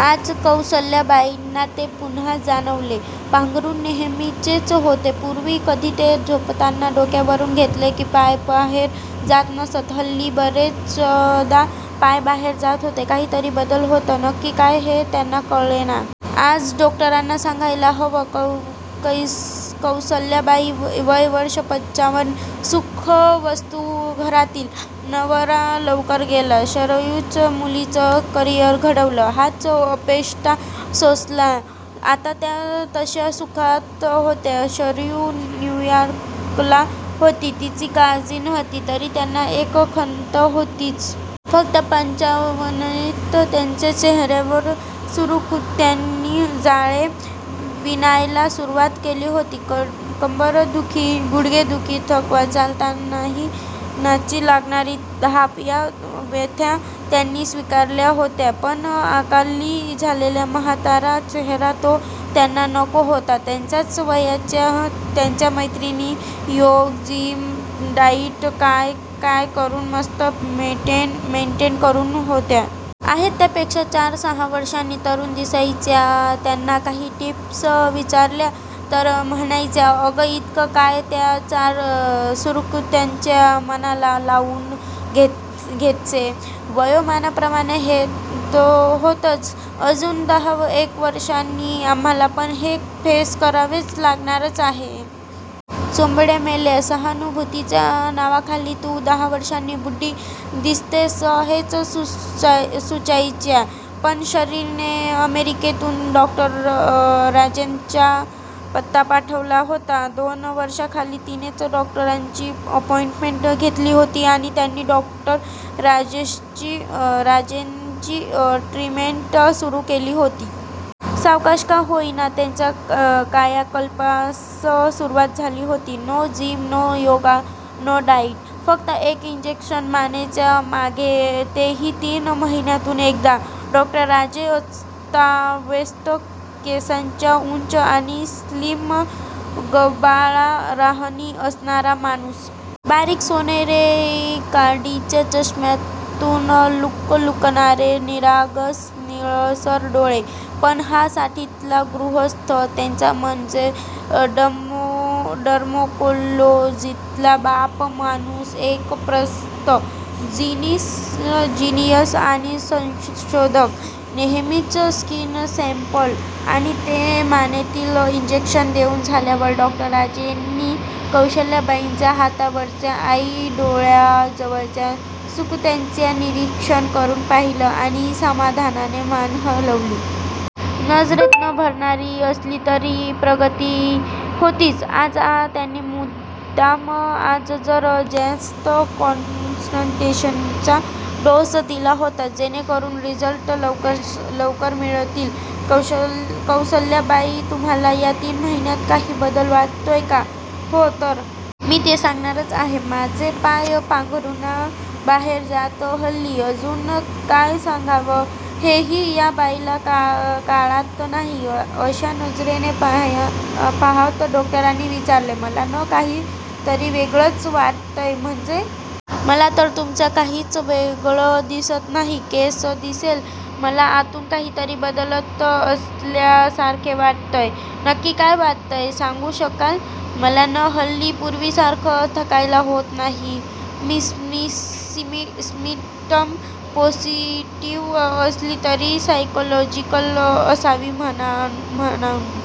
आज कौसल्याबाईंना ते पुन्हा जाणवले. पांघरून नेहमीचेच होते. पूर्वी कधी, ते झोपताना डोक्यावरून घेतले की, पाय बाहेर जात नसत. हल्ली बरेचदा पाय बाहेर जात होते. काहीतरी बदलत होत. नक्की काय हे त्यांना कळेना. आज डॉक्टरांना सांगायला हवं. कौसल्याबाई वय वर्ष पंच्चावन. सुखवस्तू घरातील. नवरा लवकर गेला. शरयूच मुलीचं करियर घडवलं. हाल अपेष्टा सोसल्या. आता त्या तश्या सुखात होत्या. शरयू न्यूयार्कला होती. तिची काळजी नव्हती. तरी त्यांना एक खन्त होतीच. फक्त पंच्चावनीत त्यांच्या चेहऱ्यावर, सुरकुत्यांनी जाळे विणायला सुरवात केली होती! कंबरदुखी, गुडघेदुखी, थकवा, चालतानाची लागणारी धाप या व्यथा त्यांनी स्वीकारल्या होत्या. पण अकाली झालेला म्हातारा चेहरा! तो त्यांना नको होता! त्यांच्याच वयाच्या त्यांच्या मैत्रिणी, योगा, जिम, डाएट, काय काय करून मस्त मेंटेन करून होत्या. आहेत त्या पेक्षा, चार सहा वर्षांनी तरुण दिसायच्या. त्यांना काही टिप्स विचारल्या तर म्हणायच्या 'अग, इतकं काय त्या चार सुरकुत्यांचं मनाला लावून घेतसे? वयोमानाप्रमाणे हे होतच. अजून दहा एक वर्षांनी, आम्हाला पण हे फेस करावंच लागणारच आहे! ' चोम्बड्या मेल्या! सहानुभूतीच्या नावाखाली तू दहा वर्षांनी बुड्डी दिसतेस हेच सुचायच्या! पण शरीने अमेरिकेतून डॉ. राजेंचा पत्ता पाठवला होता, दोन वर्षा खाली. तिनेच डॉक्टरांची अपॉइंटमेंट घेतली होती आणि त्यांनी डॉ. राजेंची ट्रीटमेंट सुरु केली होती. सावकाश का होईना, त्यांच्या कायाकल्पास सुरवात झाली होती. No gym, no yoga, no diet! फक्त एक इंजेक्शन मानेच्या मागे ते हि तीन महिन्यातून एकदा डॉ. राजे. अस्ताव्यस्त केसांचा, उंच आणि स्लिम, गबाळा राहणी असणारा माणूस! बारीक सोनेरी काडीच्या चष्म्यातून लुकलुकणारे निरागस निळसर डोळे! पण हा साठीतला गृहस्थ, त्याच्या म्हणजे डर्माकोलॉजितला 'बाप' माणूस! एक प्रस्त! जिनियस! आणि संशोधक! नेहमीचे स्किन सॅम्पल, आणि ते मानेतील इंजक्शन देऊन झाल्यावर, डॉ. राजेंनी कौसल्याबाईंच्या हातावरच्या आणि डोळ्या जवळच्या सुकुत्यांचं निरीक्षण करून पाहिलं आणि समाधानाने मान हलवली. नजरेत न भरणारी असली तरी, प्रगती होतीच. आज त्यांनी मुद्दाम आज जरा ज्यास्त कॉन्सन्ट्रेशनचा डोस दिला होता. जेणेकरून रिझल्ट लवकर मिळतील. "कौसल्याबाई, तुम्हाला या तीन महिन्यात काही बदल वाटतोय का? " "हो तर! मी ते सांगणारच आहे. माझे पाय पाघरुणा बाहेर जातात हल्ली! " "अजून? " काय सांगावं, हे हि या बाईला काळात नाही, अशा नजरेने पहात डॉक्टरांनी विचारले. "मला, न काही तरी वेगळंच वाटतंय! "" म्हणजे? मला तर तुमच्यात काहीच वेगळं दिसत नाही. " "कसे दिसेल? मला आतून काहीतरी बदलत असल्या सारखे वाटतंय! " "नक्की काय वाटतंय, सांगू शकाल? " "मला न हल्ली, पूर्वी सारखं थकायला होत नाही! " हि सिमटम पॉसिटीव्ह असली तरी सायकॉलॉजिकल असावी, म्हाणून